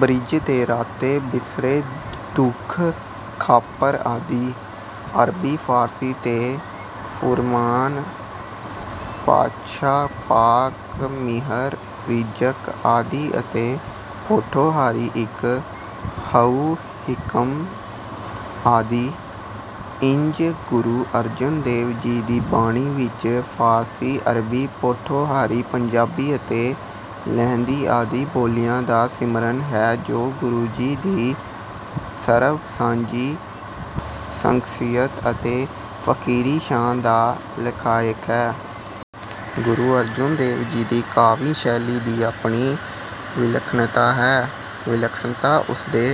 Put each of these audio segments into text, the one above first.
Bridge ਦੇ ਰਾਤੇ, ਬਿਸਰੈ, ਦੂਖ, ਕਾਪਰ ਆਦਿ। ਅਰਬੀ ਫ਼ਾਰਸੀ ਦੇ ਫੁਰਮਾਨ, ਪਾਤਸ਼ਾਹ, ਪਾਕ, ਮਿਹਰ, ਰਿਜ਼ਕ ਆਦਿ ਅਤੇ ਪੋਠੋਹਾਰੀ ਹਿਕ, ਹਉ, ਹਿਕਸ ਆਦਿ। ਇੰਝ ਗੁਰੂ ਅਰਜਨ ਦੇਵ ਜੀ ਦੀ ਬਾਣੀ ਵਿੱਚ ਫ਼ਾਰਸੀ, ਅਰਬੀ, ਪੋਠੋਹਾਰੀ, ਪੰਜਾਬੀ ਅਤੇ ਲਹਿੰਦੀ ਆਦਿ ਬੋਲੀਆਂ ਦਾ ਮਿਸ਼ਰਨ ਹੈ ਜੋ ਗੁਰੂ ਜੀ ਦੀ ਸਰਬ ਸਾਂਝੀ ਸ਼ਖ਼ਸੀਅਤ ਅਤੇ ਫ਼ਕੀਰੀ ਸ਼ਾਨ ਦਾ ਲਖਾਇਕ ਹੈ। ਗੁਰੂ ਅਰਜਨ ਦੇਵ ਜੀ ਦੀ ਕਾਵਿ ਸ਼ੈਲੀ ਦੀ ਆਪਣੀ ਵਿਲੱਖਣਤਾ ਹੈ। ਵਿਲੱਖਣਤਾ ਉਸਦੇ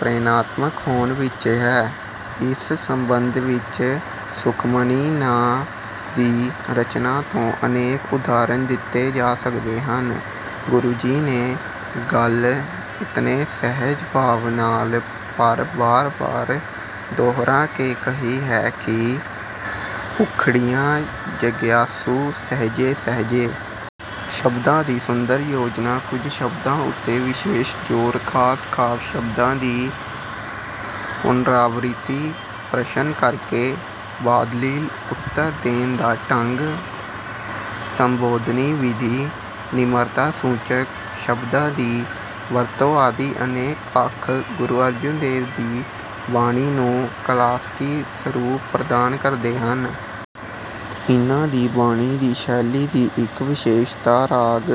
ਪ੍ਰੇਰਣਾਤਮਕ ਹੋਣ ਵਿੱਚ ਹੈ। ਇਸ ਸਬੰਧ ਵਿੱਚ ਸੁਖਮਨੀ ਨਾਂ ਦੀ ਰਚਨਾ ਤੋਂ ਅਨੇਕ ਉਦਾਹਰਨ ਦਿੱਤੇ ਜਾ ਸਕਦੇ ਹਨ। ਗੁਰੂ ਜੀ ਨੇ ਗੱਲ ਇਤਨੇ ਸਹਿਜ ਭਾਵ ਨਾਲ ਪਰ ਬਾਰ ਬਾਰ ਦੋਹਰਾ ਕੇ ਕਹੀ ਹੈ ਕਿ ਉਖੜਿਆ ਜਗਿਆਸੂ ਸਹਿਜੇ ਸਹਿਜੇ ਆਪਣਾ ਸਮੂਲ ਮਤ ਪਰਿਵਰਤਨ ਕਰ ਲੈਂਦਾ ਹੈ। ਸ਼ਬਦਾਂ ਦੀ ਸੁੰਦਰ ਯੋਜਨਾ, ਕੁਝ ਸ਼ਬਦਾਂ ਉੱਤੇ ਵਿਸ਼ੇਸ਼ ਜ਼ੋਰ, ਖਾਸ ਖਾਸ ਸ਼ਬਦਾਂ ਦੀ ਪੁਨਰਾਵ੍ਰਿਤੀ, ਪ੍ਰਸ਼ਨ ਕਰਕੇ ਬਾਦਲੀਲ ਉਤਰ ਦੇਣ ਦਾ ਢੰਗ, ਸੰਬੋਧਨੀ ਵਿਧੀ, ਨਿਮਰਤਾ ਸੂਚਕ ਸ਼ਬਦਾਂ ਦੀ ਵਰਤੋਂ ਆਦਿ ਅਨੇਕ ਪੱਖ ਗੁਰੂ ਅਰਜਨ ਦੀ ਬਾਣੀ ਨੂੰ ਕਲਾਸਕੀ ਸਰੂਪ ਪ੍ਰਦਾਨ ਕਰਦੇ ਹਨ। ਇਨ੍ਹਾਂ ਦੀ ਬਾਣੀ ਦੀ ਸ਼ੈਲੀ ਦੀ ਇੱਕ ਵਿਸ਼ੇਸ਼ਤਾ ਰਾਗ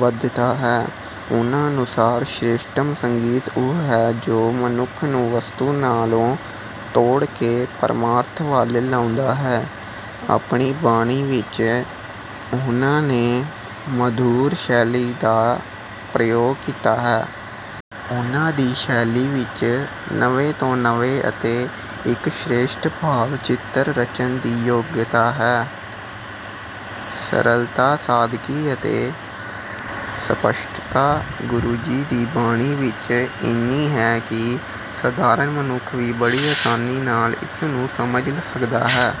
ਬੱਧਤਾ ਹੈ। ਉਨ੍ਹਾਂ ਅਨੁਸਾਰ ਸ੍ਰੇਸ਼ਟਤਮ ਸੰਗੀਤ ਉਹ ਹੈ ਜੋ ਮਨੁੱਖ ਨੂੰ ਵਸਤੂ ਨਾਲੋਂ ਤੋੜ ਕੇ ਪਰਮਾਰਥ ਵੱਲ ਲਾਉਂਦਾ ਹੈ। ਆਪਣੀ ਬਾਣੀ ਵਿੱਚ ਉਨ੍ਹਾਂ ਨੇ ਮਧੁਰ ਸ਼ੈਲੀ ਦਾ ਪ੍ਰਯੋਗ ਕੀਤਾ ਹੈ। ਉਨ੍ਹਾਂ ਦੀ ਸ਼ੈਲੀ ਵਿੱਚ ਨਵੇਂ ਤੋਂ ਨਵੇਂ ਅਤੇ ਇੱਕ ਸ਼੍ਰੇਸਟ ਭਾਵ ਚਿੱਤਰ ਰਚਣ ਦੀ ਯੋਗਤਾ ਹੈ। ਸਰਲਤਾ, ਸਾਦਗੀ ਅਤੇ ਸਪਸ਼ਟਤਾ ਗੁਰੂ ਜੀ ਦੀ ਬਾਣੀ ਵਿੱਚ ਇੰਨੀ ਹੈ ਕਿ ਸਧਾਰਨ ਮਨੁੱਖ ਵੀ ਬੜੀ ਆਸਾਨੀ ਨਾਲ ਇਸ ਨੂੰ ਸਮਝ ਸਕਦਾ ਹੈ।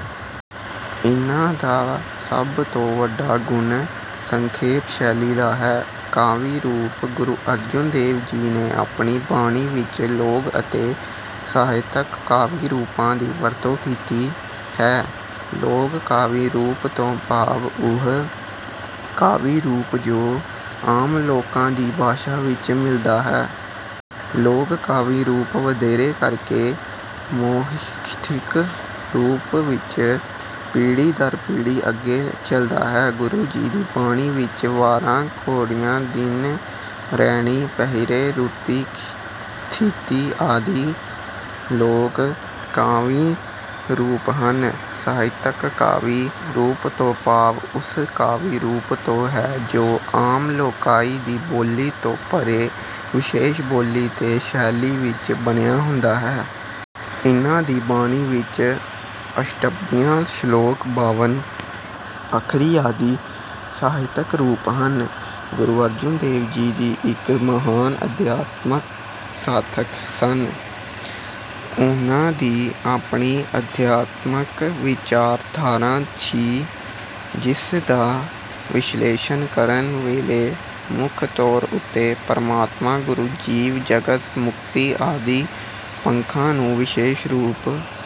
ਇਨ੍ਹਾਂ ਦਾ ਸਭ ਤੋਂ ਵੱਡਾ ਗੁਣ ਸੰਖੇਪ ਸ਼ੈਲੀ ਦਾ ਹੈ। ਕਾਵਿ ਰੂਪ: ਗੁਰੂ ਅਰਜਨ ਦੇਵ ਜੀ ਨੇ ਆਪਣੀ ਬਾਣੀ ਵਿੱਚ ਲੋਕ ਅਤੇ ਸਾਹਿਤਕ ਕਾਵਿ ਰੂਪਾਂ ਦੀ ਵਰਤੋਂ ਕੀਤੀ ਹੈ। ਲੋਕ ਕਾਵਿ ਰੂਪ ਤੋਂ ਭਾਵ ਉਹ ਕਾਵਿ ਰੂਪ ਜੋ ਆਮ ਲੋਕਾਂ ਦੀ ਭਾਸ਼ਾ ਵਿੱਚ ਮਿਲਦਾ ਹੈ। ਲੋਕ ਕਾਵਿ ਰੂਪ ਵਧੇਰੇ ਕਰਕੇ ਮੌਖਿਕ ਰੂਪ ਵਿੱਚ ਪੀੜ੍ਹੀ ਦਰ ਪੀੜ੍ਹੀ ਅੱਗੇ ਚਲਦਾ ਹੈ। ਗੁਰੂ ਜੀ ਦੀ ਬਾਣੀ ਵਿੱਚ ਵਾਰਾਂ, ਘੋੜੀਆਂ, ਦਿਨ ਰੈਣਿ, ਪਹਿਰੇ, ਰੁਤੀ, ਥਿਤੀ ਆਦਿ ਲੋਕ ਕਾਵਿ ਰੂਪ ਹਨ। ਸਾਹਿਤਕ ਕਾਵਿ ਰੂਪ ਤੋਂ ਭਾਵ ਉਸ ਕਾਵਿ ਰੂਪ ਤੋਂ ਹੈ ਜੋ ਆਮ ਲੋਕਾਈ ਦੀ ਬੋਲੀ ਤੋਂ ਪਰ੍ਹੇ ਵਿਸ਼ੇਸ਼ ਬੋਲੀ ਤੇ ਸ਼ੈਲੀ ਵਿੱਚ ਬੰਨ੍ਹਿਆ ਹੁੰਦਾ ਹੈ। ਇਨ੍ਹਾਂ ਦੀ ਬਾਣੀ ਵਿੱਚ ਅਸ਼ਟਪਦੀਆਂ, ਸ਼ਲੋਕ, ਬਾਵਨ ਅੱਖਰੀ ਆਦਿ ਸਾਹਿਤਕ ਰੂਪ ਹਨ। ਗੁਰੂ ਅਰਜਨ ਦੇਵ ਜੀ ਇੱਕ ਮਹਾਨ ਅਧਿਆਤਮਕ ਸਾਧਕ ਸਨ। ਉਨ੍ਹਾਂ ਦੀ ਆਪਣੀ ਅਧਿਆਤਮਕ ਵਿਚਾਰਧਾਰਾ ਸੀ ਜਿਸ ਦਾ ਵਿਸ਼ਲੇਸ਼ਣ ਕਰਨ ਵੇਲੇ ਮੁੱਖ ਤੌਰ ਉੱਤੇ ਪਰਮਾਤਮਾ, ਗੁਰੂ, ਜੀਵ, ਜਗਤ, ਮੁਕਤੀ ਆਦਿ ਪੱਖਾਂ ਨੂੰ ਵਿਸ਼ੇਸ਼ ਰੂਪ ਵਿੱਚ ਵਿਚਾਰਨਾ...